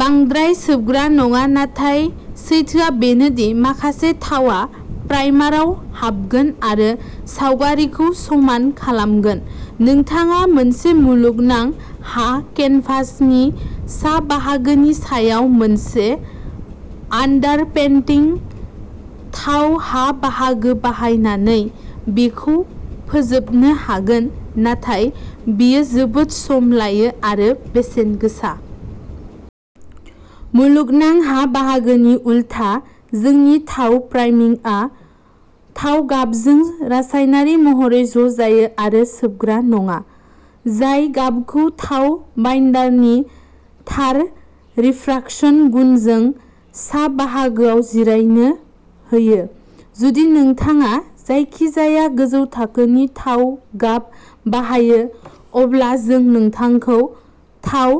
बांद्राय सोबग्रा नङा नाथाय सैथोआ बेनो दि माखासे थावआ प्राइमारआव हाबगोन आरो सावगारिखौ समान खालामगोन। नोंथाङा मोनसे मुलुगनां हा केनभासनि सा बाहागोनि सायाव मोनसे आन्डारपेन्टिं थाव हा बाहागो बाहायनानै बेखौ फोजोबनो हागोन नाथाय बेयो जोबोद सम लायो आरो बेसेन गोसा। मुलुगनां हा बाहागोनि उलथा जोंनि थाव प्राइमिंगआ थाव गाबजों रासायनारि महरै ज' जायो आरो सोबग्रा नङा, जाय गाबखौ थाव बाइन्डारनि थार रिफ्राकसन गुनजों सा बाहागोआव जिरायनो होयो। जुदि नोंथाङा जायखिजाया गोजौ थाखोनि थाव गाब बाहायो, अब्ला जों नोंथांखौ थाव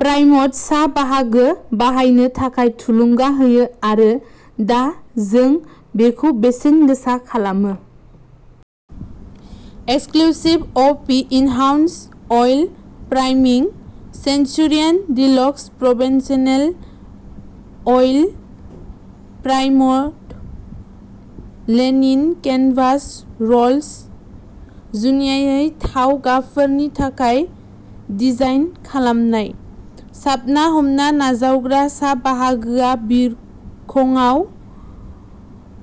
प्राइम्ड सा बाहागो बाहायनो थाखाय थुलुंगा होयो आरो दा जों बेखौ बेसेनगोसा खालामो। एक्सक्लुसिभ अ P enhanced oil priming. Centurion deluxe professional oil primed linen canvas rolls, जुनियायै थाव गाबफोरनि थाखाय डिजाइन खालामनाय। साबना-हमना नाजावग्रा सा बाहागोआ बिखंआव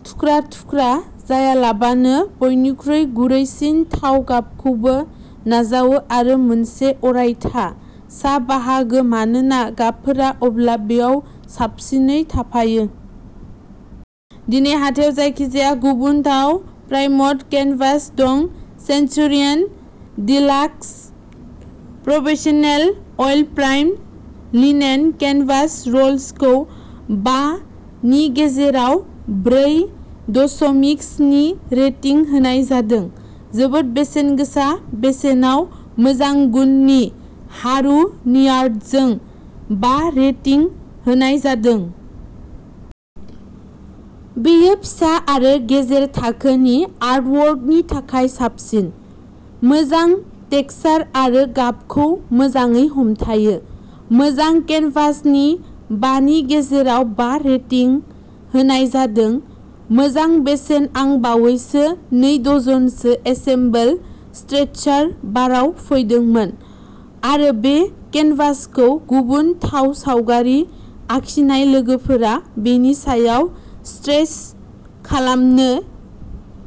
थुख्रा-थुख्रा जायालाबानो बयनिख्रुइ गुरैसिन थाव गाबखौबो नाजावो आरो मोनसे अरायथा सा बाहागो मानोना गाबफोरा अब्ला बेयाव साबसिनै थाफायो। दिनै हाथायाव जायखिजाया गुबुन थाव प्राइम्ड केनभास दं Centurion deluxe professional oil primed linen canvas rolls खौ बा नि गेजेराव ब्रै दसमिक स्नि रेटिं होनाय जादों। जोबोद बेसेनगोसा बेसेनाव मोजां गुननि हारुनियार्टजों बा रेटिं होनाय जादों। बेयो फिसा आरो गेजेर थाखोनि आर्टवर्कनि थाखाय साबसिन। मोजां टेक्सचार आरो गाबखौ मोजाङै हमथायो। मोजां केनभासनिफ्राय बा नि गेजेराव बा रेटिं होनाय जादों, मोजां बेसेन आं बावैसो नै डजनसो एसेम्बल स्ट्रेचार बारआव फैदोंमोन, आरो बे केनभासखौ गुबुन थाव सावगारि आखिनाय लोगोफोरा बेनि सायाव स्ट्रेच खालामनो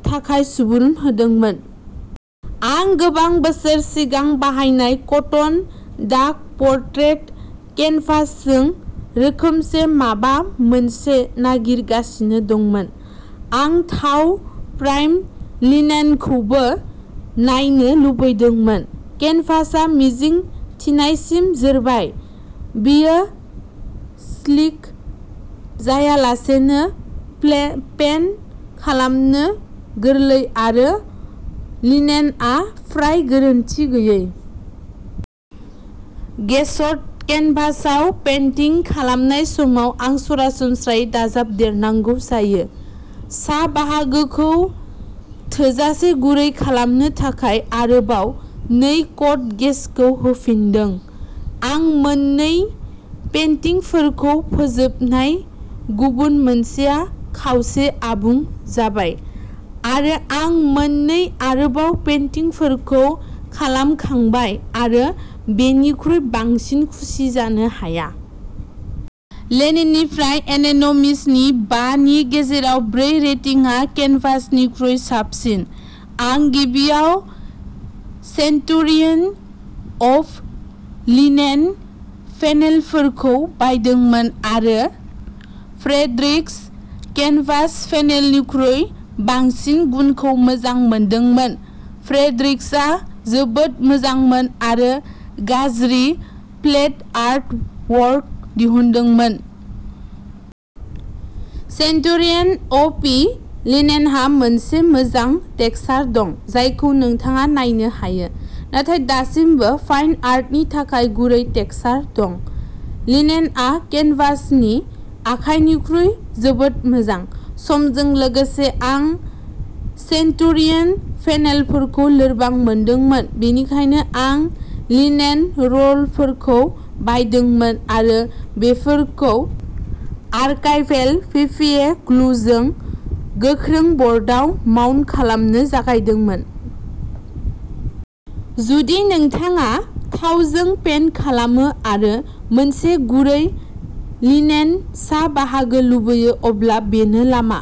थाखाय सुबुरुन होदोंमोन। आं गोबां बोसोर सिगां बाहायनाय कटन डाक पर्ट्रेट केनभासजों रोखोमसे माबा मोनसे नागिरगासिनो दंमोन। आं थाव प्राइम्ड लिनेनखौबो नायनो लुबैदोंमोन। केनभासआ मिजिं थिनायसिम जोरबाय, बेयो स्लिक जायालासे पेन्ट खालामनो गोरलै, आरो लिनेनआ फ्राय गोरोन्थि गैयै। गेसड केनभासआव पेन्टिं खालामनाय समाव, आं सरासनस्रायै दाजाबदेरनांगौ जायो। सा बाहागोखौ थोजासे गुरै खालामनो थाखाय आरोबाव नै कट गेसखौ होफिनदों। आं मोन नै पेन्टिंफोरखौ फोजोबबाय, गुबुन मोनसेआ खावसे आबुं जाबाय, आरो आं मोन नै आरोबाव पेन्टिंफोरखौ खालामखांबाय, आरो बेनिख्रुइ बांसिन खुसि जानो हाया। लिनेननिफ्राय एन'निमिसनि बा नि गेजेराव ब्रै रेटिंआ केनभासनिख्रुइ साबसिन आं गिबियाव सेन्टुरियन अप लिनेन पेनेलफोरखौ बायदोंमोन आरो फ्रेड्रिक्स केनभास पेनेलनिख्रुइ बांसिन गुनखौ मोजां मोनदोंमोन। फ्रेड्रिक्सआ जोबोद मोजांमोन आरो गाज्रि फ्लेट आर्ट वर्क दिहुनदोंमोन। सेन्टुरियन अ पि लिनेनहा मोनसे मोजां टेक्सचार दं जायखौ नोंथाङा नायनो हायो नाथाय दासिमबो फाइन आर्टनि थाखाय गुरै टेक्सचार दं। लिनेनआ केनभासनि आखाइनिख्रुइ जोबोद मोजां। समजों लोगोसे आं सेन्टुरियेन पेनेलफोरखौ लोरबां मोनदोंमोन बेनिखायनो आं लिनेन र'लफोरखौ बायदोंमोन आरो बेफोरखौ आर्काइभेल पिभिए ग्लुजों गोख्रों बर्डआव माउन्ट खालामनो जागायदोंमोन। जुदि नोंथाङा थावजों पेन्ट खालामो आरो मोनसे गुरै लिनेन सा बाहागो लुबैयो अब्ला बेनो लामा।